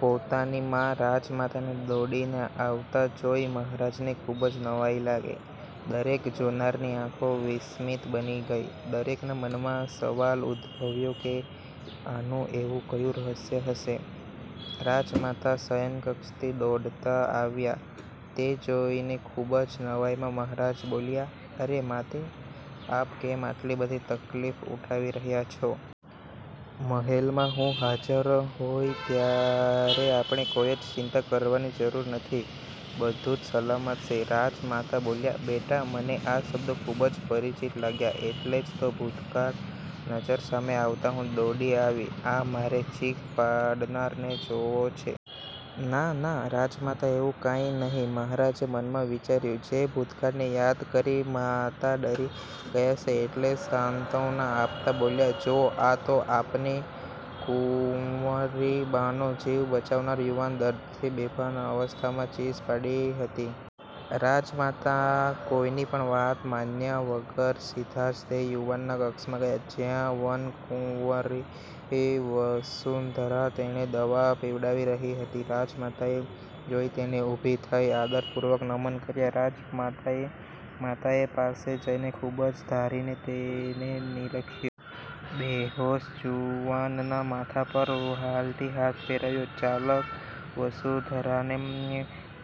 પોતાની મા રાજમાતાને દોડીને આવતાં જોઈ મહારાજને ખુબ જ નવાઈ લાગી. દરેક જોનારની આંખો વિસ્મિત બની ગઈ. દરેકના મનમાં સવાલ ઉદ્દભવ્યો કે,"આનું એવું કયું રહસ્ય હશે? રાજમાતા શયનકક્ષથી દોડતા આવ્યાં તે જોઈને ખુબ જ નવાઈમાં મહારાજ બોલ્યાં,"અરે માતે, આપ કેમ આટલી બધી તકલીફ ઉઠાવી રહ્યાં છો? મહેલમાં હું હાજર હોય ત્યારે આપણે કોઈ જ ચિંતા કરવાની જરૂર નથી. બધું જ સલામત છે." રાજમાતાં બોલ્યાં,"બેટા મને આ શબ્દો ખુબ જ પરિચિત લાગ્યાં એટલે જ તો ભૂતકાળ નજ઼ર સામે આવતાં હું દોડી આવી, મારે આ ચીખ પાડનારને જોવો છે." "ના, ના રાજમાતા એવું કાંઈ નહીં." મહારાજે મનમાં વિચાર્યું જે ભૂતકાળને યાદ કરી માતા ડરી ગયાં છે, એટલે શાંત્વના આપતાં બોલ્યાં," જૂઓ આ તો આપની કુંવરીબાનો જીવ બચાવનાર યુવાન દર્દથી બેભાન અવસ્થામાં ચીસ પાડી હતી." રાજમાતાં કોઈની પણ વાત માન્યાં વગર સીધા જ તે યુવાનના કક્ષમાં ગયાં. જ્યાં વનકુંવરી વસુંધરા તેણે દવા પીવડાવી રહી હતી. રાજમાતાને જોઈ તેણે ઉભી થઈને આદરપૂર્વક નમન કર્યા. રાજમાતાએ પાસે જઈને ખુબ જ ધારીને તેને નીરખ્યો. બેહોશ જુવાનના માથા પર વહાલથી હાથ ફેરવ્યો. ચાલાક વસુંધરાને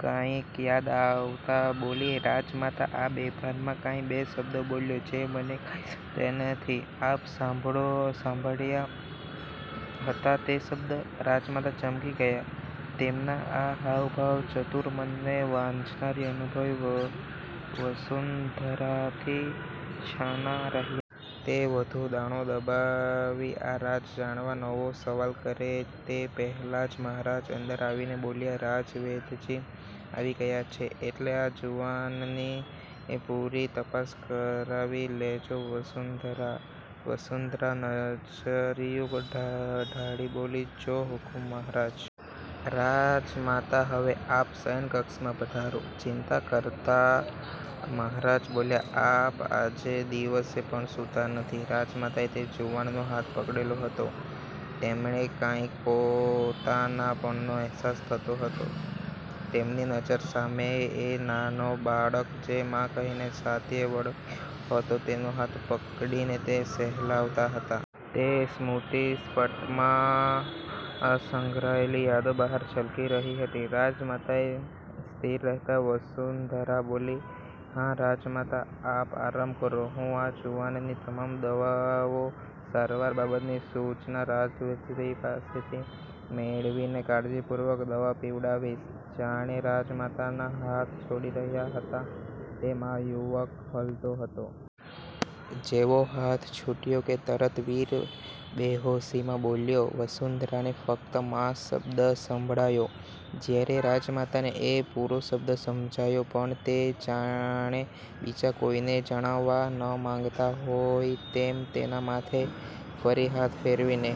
કાંઈક યાદ આવતાં બોલી,"રાજમાતાં આ બેભાનમાં કાંઈક બે શબ્દો બોલ્યો જે મને કાંઈ સમજાયાં નહીં. આપે સાંભળ્યા હતાં તે શબ્દ?" રાજમાતા ચમકી ગયાં. તેમનાં આ હાવભાવ ચતુર મનને વાંચનારી અનુભવી વસુંધરાથી છાના ન રહ્યાં. તે વઘુ દાણો દબાવી આ રાજ જાણવાં નવો સવાલ કરે તે પહેલાં જ મહારાજ અંદર આવીને બોલ્યાં,"રાજવૈદ્યજી આવી ગયાં છે, એટલે આ જુવાનની પુરી તપાસ કરાવી લેજો વસુંધરા." વસુંધરા નજર્યું ઢાળી બોલી,"જો હુકુમ મહારાજ." "રાજમાતાં હવે આપ શયનકક્ષમાં પધારો." ચિંતા કરતાં મહારાજ બોલ્યાં,"આપ આજે દિવસે પણ સૂતાં નહીં." રાજમાતાએ તે જુવાનનો હાથ પકડેલો હતો, તેમણે કાંઈક પોતાનાપણાનો અહેસાસ થતો હતો. તેમની નજ઼ર સામે એ નાનો બાળક જે મા કહીને છાતીએ વળગતો હતો, તેનો હાથ પકડીને તે સહેલાવતાં હતાં. તે સ્મૃતિપટમાં સંઘરાયેલી યાદો બહાર છલકી રહી હતી. રાજમાતા સ્થીર રહેતા વસુંધરા બોલી,"હાં રાજમાતાં આપ આરામ કરો. હું આ જુવાનની તમામ દવાઓ સારવાર બાબતની સૂચના રાજવૈદ્યજી પાસેથી મેળવીને કાળજીપૂર્વક દવા પીવડાવીશ." જાણે રાજમાતાં હાથ છોડી રહ્યાં હતાં તેમ આ યુવક હલતો હતો. જેવો હાથ છૂટ્યો કે તરત વીર બેહોશીમાં બોલ્યો, વસુંધરાને ફક્ત મા શબ્દ સંભળાયો જયારે રાજમાતાને એ પૂરો શબ્દ સમજાયો, પણ તે જાણે બીજા કોઈને જણાવવા ન માગતાં હોય તેમ તેનાં માથે ફરી હાથ ફેરવીને